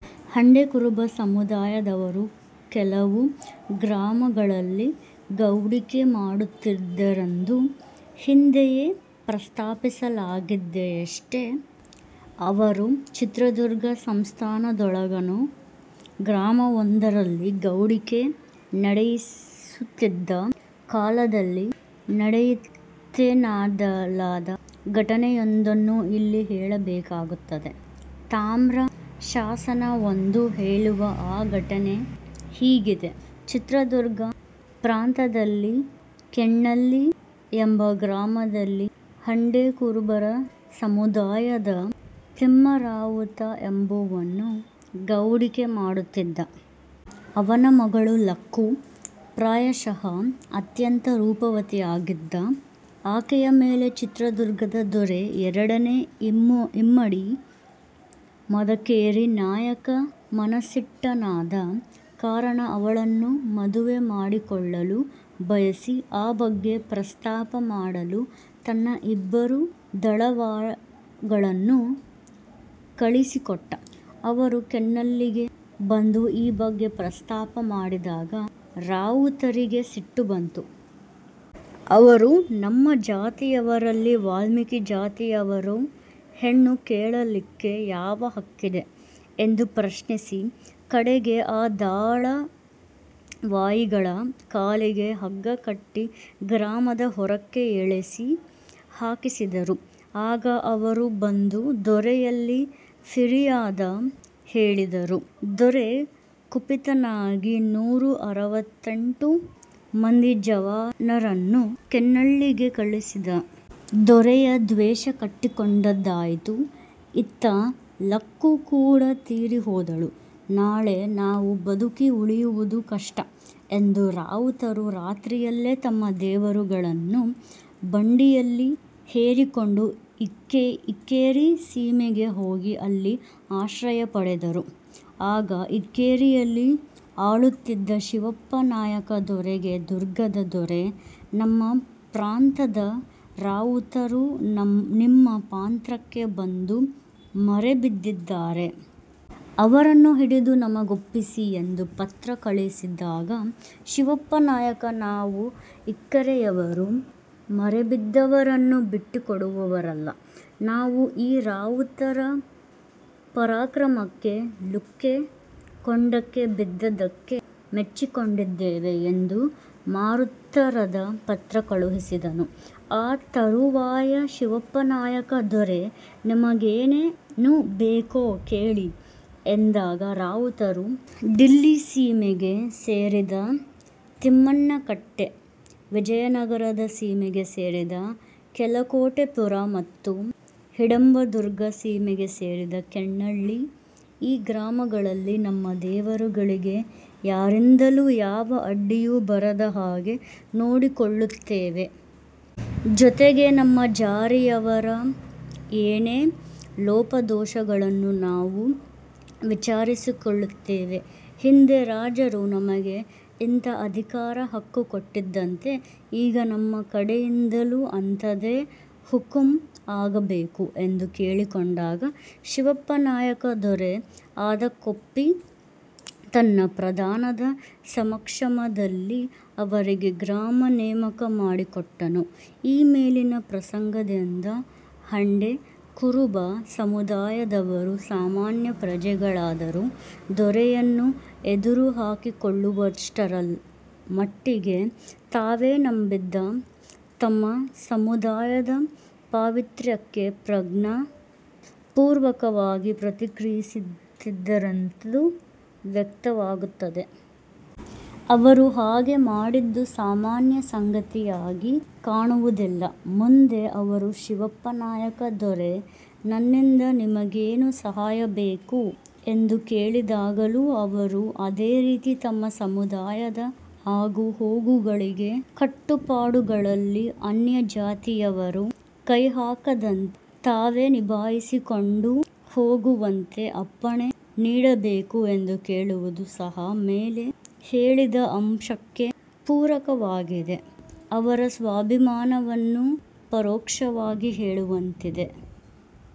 ಹಂಡೆ ಕುರುಬ ಸಮುದಾಯದವರು ಕೆಲವು ಗ್ರಾಮಗಳಲ್ಲಿ ಗೌಡಿಕೆ ಮಾಡುತ್ತಿದ್ದರೆಂದು ಹಿಂದೆಯೇ ಪ್ರಸ್ತಾಪಿಸಲಾಗಿದೆಯಷ್ಟೆ. ಅವರು ಚಿತ್ರದುರ್ಗ ಸಂಸ್ಥಾನದೊಳಗಣ ಗ್ರಾಮವೊಂದರಲ್ಲಿ ಗೌಡಿಕೆ ನಡೆಯಿಸುತ್ತಿದ್ದ ಕಾಲದಲ್ಲಿ ನಡೆಯಿತೆನ್ನಲಾದ ಘಟನೆಯೊಂದನ್ನು ಇಲ್ಲಿ ಹೇಳಬೇಕಾಗುತ್ತದೆ. ತಾಮ್ರ ಶಾಸನವೊಂದು ಹೇಳುವ ಆ ಘಟನೆ ಹೀಗಿದೆ: ಚಿತ್ರದುರ್ಗ ಪ್ರಾಂತದಲ್ಲಿ ಕೆನ್ನಳ್ಳಿ ಎಂಬ ಗ್ರಾಮದಲ್ಲಿ ಹಂಡೆಕುರುಬರ ಸಮುದಾಯದ ತಿಮ್ಮರಾವುತ ಎಂಬುವನು ಗೌಡಿಕೆ ಮಾಡುತ್ತಿದ್ದ. ಅವನ ಮಗಳು ಲಕ್ಕು. ಪ್ರಾಯಶಃ ಅತ್ಯಂತ ರೂಪವತಿಯಾಗಿದ್ದ ಆಕೆಯ ಮೇಲೆ ಚಿತ್ರದುರ್ಗದ ದೊರೆ ಎರಡನೇ ಇಮ್ಮಡಿ ಮದಕೇರಿ ನಾಯಕ ಮನಸ್ಸಿಟ್ಟನಾದ ಕಾರಣ ಅವಳನ್ನು ಮದುವೆ ಮಾಡಿಕೊಳ್ಳಲು ಬಯಸಿ, ಆ ಬಗ್ಗೆ ಪ್ರಸ್ತಾಪ ಮಾಡಲು ತನ್ನ ಇಬ್ಬರು ದಳವಾಯಿಗಳನ್ನು ಕಳಿಸಿಕೊಟ್ಟ. ಅವರು ಕೆನ್ನಳ್ಳಿಗೆ ಬಂದು ಈ ಬಗ್ಗೆ ಪ್ರಸ್ತಾಪ ಮಾಡಿದಾಗ ರಾವುತರಿಗೆ ಸಿಟ್ಟು ಬಂದು. ಅವರು "ನಮ್ಮ ಜಾತಿಯವರಲ್ಲಿ ವಾಲ್ಮೀಕಿ ಜಾತಿಯವರು ಹೆಣ್ಣು ಕೇಳಲಿಕ್ಕೆ ಯಾವ ಹಕ್ಕಿದೆ? " ಎಂದು ಪ್ರಶ್ನಿಸಿ, ಕಡೆಗೆ ಆ ದಳವಾಯಿಗಳ ಕಾಲಿಗೆ ಹಗ್ಗ ಕಟ್ಟಿ ಗ್ರಾಮದ ಹೊರಕ್ಕೆ ಎಳೆಸಿ ಹಾಕಿಸಿದರು. ಆಗ ಅವರು ಬಂದು ದೊರೆಯಲ್ಲಿ ಫಿರಿಯಾದಿ ಹೇಳಿದರು. ದೊರೆ ಕುಪಿತನಾಗಿ ನೂರ ಅರವತ್ತೆಂಟು ಮಂದಿ ಜವಾನರನ್ನು ಕೆನ್ನಳ್ಳಿಗೆ ಕಳಿಸಿದ. "ದೊರೆಯ ದ್ವೇಷ ಕಟ್ಟಿಕೊಂಡದ್ದಾಯಿತು. ಇತ್ತ ಲಕ್ಕು ಕೂಡಾ ತೀರಿಹೋದಳು. ನಾಳೆ ನಾವು ಬದುಕಿ ಉಳಿಯುವುದು ಕಷ್ಟ" ಎಂದು ರಾವುತರು ರಾತ್ರಿಯಲ್ಲೇ ತಮ್ಮ ದೇವರುಗಳನ್ನು ಬಂಡಿಯಲ್ಲಿ ಹೇರಿಕೊಂಡು ಇಕ್ಕೇರಿ ಸೀಮೆಗೆ ಹೋಗಿ ಅಲ್ಲಿ ಆಶ್ರಯ ಪಡೆದರು. ಆಗ ಇಕ್ಕೇರಿಯಲ್ಲಿ ಆಳುತ್ತಿದ್ದ ಶಿವಪ್ಪನಾಯಕ ದೊರೆಗೆ ದುರ್ಗದ ದೊರೆ "ನಮ್ಮ ಪ್ರಾಂತದ ರಾವುತರು ನಿಮ್ಮ ಪ್ರಾಂತಕ್ಕೆ ಬಂದು ಮರೆಬಿದ್ದಿದ್ದಾರೆ. ಅವರನ್ನು ಹಿಡಿದು ನಮಗೊಪ್ಪಿಸಿ" ಎಂದು ಪತ್ರ ಕಳಿಸಿದಾಗ, ಶಿವಪ್ಪನಾಯಕ "ನಾವು ಇಕ್ಕೇರಿಯವರು, ಮರೆಬಿದ್ದವರನ್ನು ಬಿಟ್ಟುಕೊಡುವವರಲ್ಲ. ನಾವು ಈ ರಾವುತರ ಪರಾಕ್ರಮಕ್ಕೆ, ಲಕ್ಕು ಕೊಂಡಕ್ಕೆ ಬಿದ್ದದ್ದಕ್ಕೆ ಮೆಚ್ಚಿಕೊಂಡಿದ್ದೇವೆ" ಎಂದು ಮಾರುತ್ತರದ ಪತ್ರ ಕಳಿಸಿದನು. ಆ ತರುವಾಯ ಶಿವಪ್ಪನಾಯಕ ದೊರೆ "ನಿಮಗೇನು ಬೇಕೋ ಕೇಳಿ" ಎಂದಾಗ ರಾವುತರು "ಡಿಳ್ಳಿ ಸೀಮೆಗೆ ಸೇರಿದ ತಿಮ್ಮನ ಕಟ್ಟೆ, ವಿಜಯನಗರದ ಸೀಮೆಗೆ ಸೇರಿದ ಕೆಲಕೋಟೆಪುರ ಮತ್ತು ಹಿಡಂಬದುರ್ಗ ಸೀಮೆಗೆ ಸೇರಿದ ಕೆನ್ನಳ್ಳಿ, ಈ ಗ್ರಾಮಗಳಲ್ಲಿ ನಮ್ಮ ದೇವರುಗಳಿಗೆ ಯಾರಿಂದಲೂ ಯಾವ ಅಡ್ಡಿಯೂ ಬರದ ಹಾಗೆ ನೋಡಿಕೊಳ್ಳುತ್ತೇವೆ. ಜೊತೆಗೆ ನಮ್ಮ ಜಾರಿಯವರ ಏನೇ ಲೋಪದೋಷಗಳನ್ನೂ ನಾವೇ ವಿಚಾರಿಸಿಕೊಳ್ಳುತ್ತೇವೆ. ಹಿಂದೆ ರಾಜರು ನಮಗೆ ಇಂಥ ಅಧಿಕಾರ ಹಕ್ಕು ಕೊಟ್ಟಿದ್ದಂತೆ, ಈಗ ನಮ್ಮ ಕಡೆಯಿಂದಲೂ ಅಂಥದೇ ಹುಕುಂ ಆಗಬೇಕು" ಎಂದು ಕೇಳಿಕೊಂಡಾಗ ಶಿವಪ್ಪನಾಯಕ ದೊರೆ ಅದಕ್ಕೊಪ್ಪಿ ತನ್ನ ಪ್ರಧಾನದ ಸಮಕ್ಷಮದಲ್ಲಿ ಅವರಿಗೆ ಗ್ರಾಮ ನೇಮಕ ಮಾಡಿಕೊಟ್ಟನು. ಈ ಮೇಲಿನ ಪ್ರಸಂಗದಿಂದ ಹಂಡೆ ಕುರುಬ ಸಮುದಾಯದವರು ಸಾಮಾನ್ಯ ಪ್ರಜೆಗಳಾದರೂ, ದೊರೆಯನ್ನು ಎದುರುಹಾಕಿಕೊಳ್ಳುವಷ್ಟರ ಮಟ್ಟಿಗೆ ತಾವು ನಂಬಿದ್ದ ತಮ್ಮ ಸಮುದಾಯದ ಪಾವಿತ್ರ್ಯಕ್ಕೆ ಪ್ರಜ್ಞಾ ಪೂರ್ವಕವಾಗಿ ಪ್ರತಿಕ್ರಿಯಿಸುತ್ತಿದ್ದರೆಂದು ವ್ಯಕ್ತವಾಗುತ್ತದೆ. ಅವರು ಹಾಗೆ ಮಾಡಿದ್ದು ಸಾಮಾನ್ಯ ಸಂಗತಿಯಾಗಿ ಕಾಣುವುದಿಲ್ಲ. ಮುಂದೆ ಅವರು ಶಿವಪ್ಪನಾಯಕ ದೊರೆ "ನನ್ನಿಂದ ನಿಮಗೇನು ಸಹಾಯವಾಗಬೇಕು" ಎಂದು ಕೇಲಿದಾಗಲೂ ಅವರು ಅದೇ ರೀತಿ ತಮ್ಮ ಸಮುದಾಯದ ಆಗು-ಹೋಗುಗಳಲ್ಲಿ ಕಟ್ಟುಪಾಡುಗಳಲ್ಲಿ ಅನ್ಯಜಾತಿಯವರು ಕೈಹಾಕದಂತೆ, ತಾವೇ ನಿಭಾಯಿಸಿಕೊಂಡು ಹೋಗುವಂತೆ, ಅಪ್ಪಣೆ ನೀಡಬೇಕು ಎಂದು ಕೇಳುವುದು ಸಹ ಮೇಲೆ ಹೇಳಿದ ಅಂಶಕ್ಕೆ ಪೂರಕವಾಗಿದೆ. ಅವರ ಸ್ವಾಭಿಮಾನವನ್ನು ಪರೋಕ್ಷವಾಗಿ ಹೇಳುವಂತಿದೆ.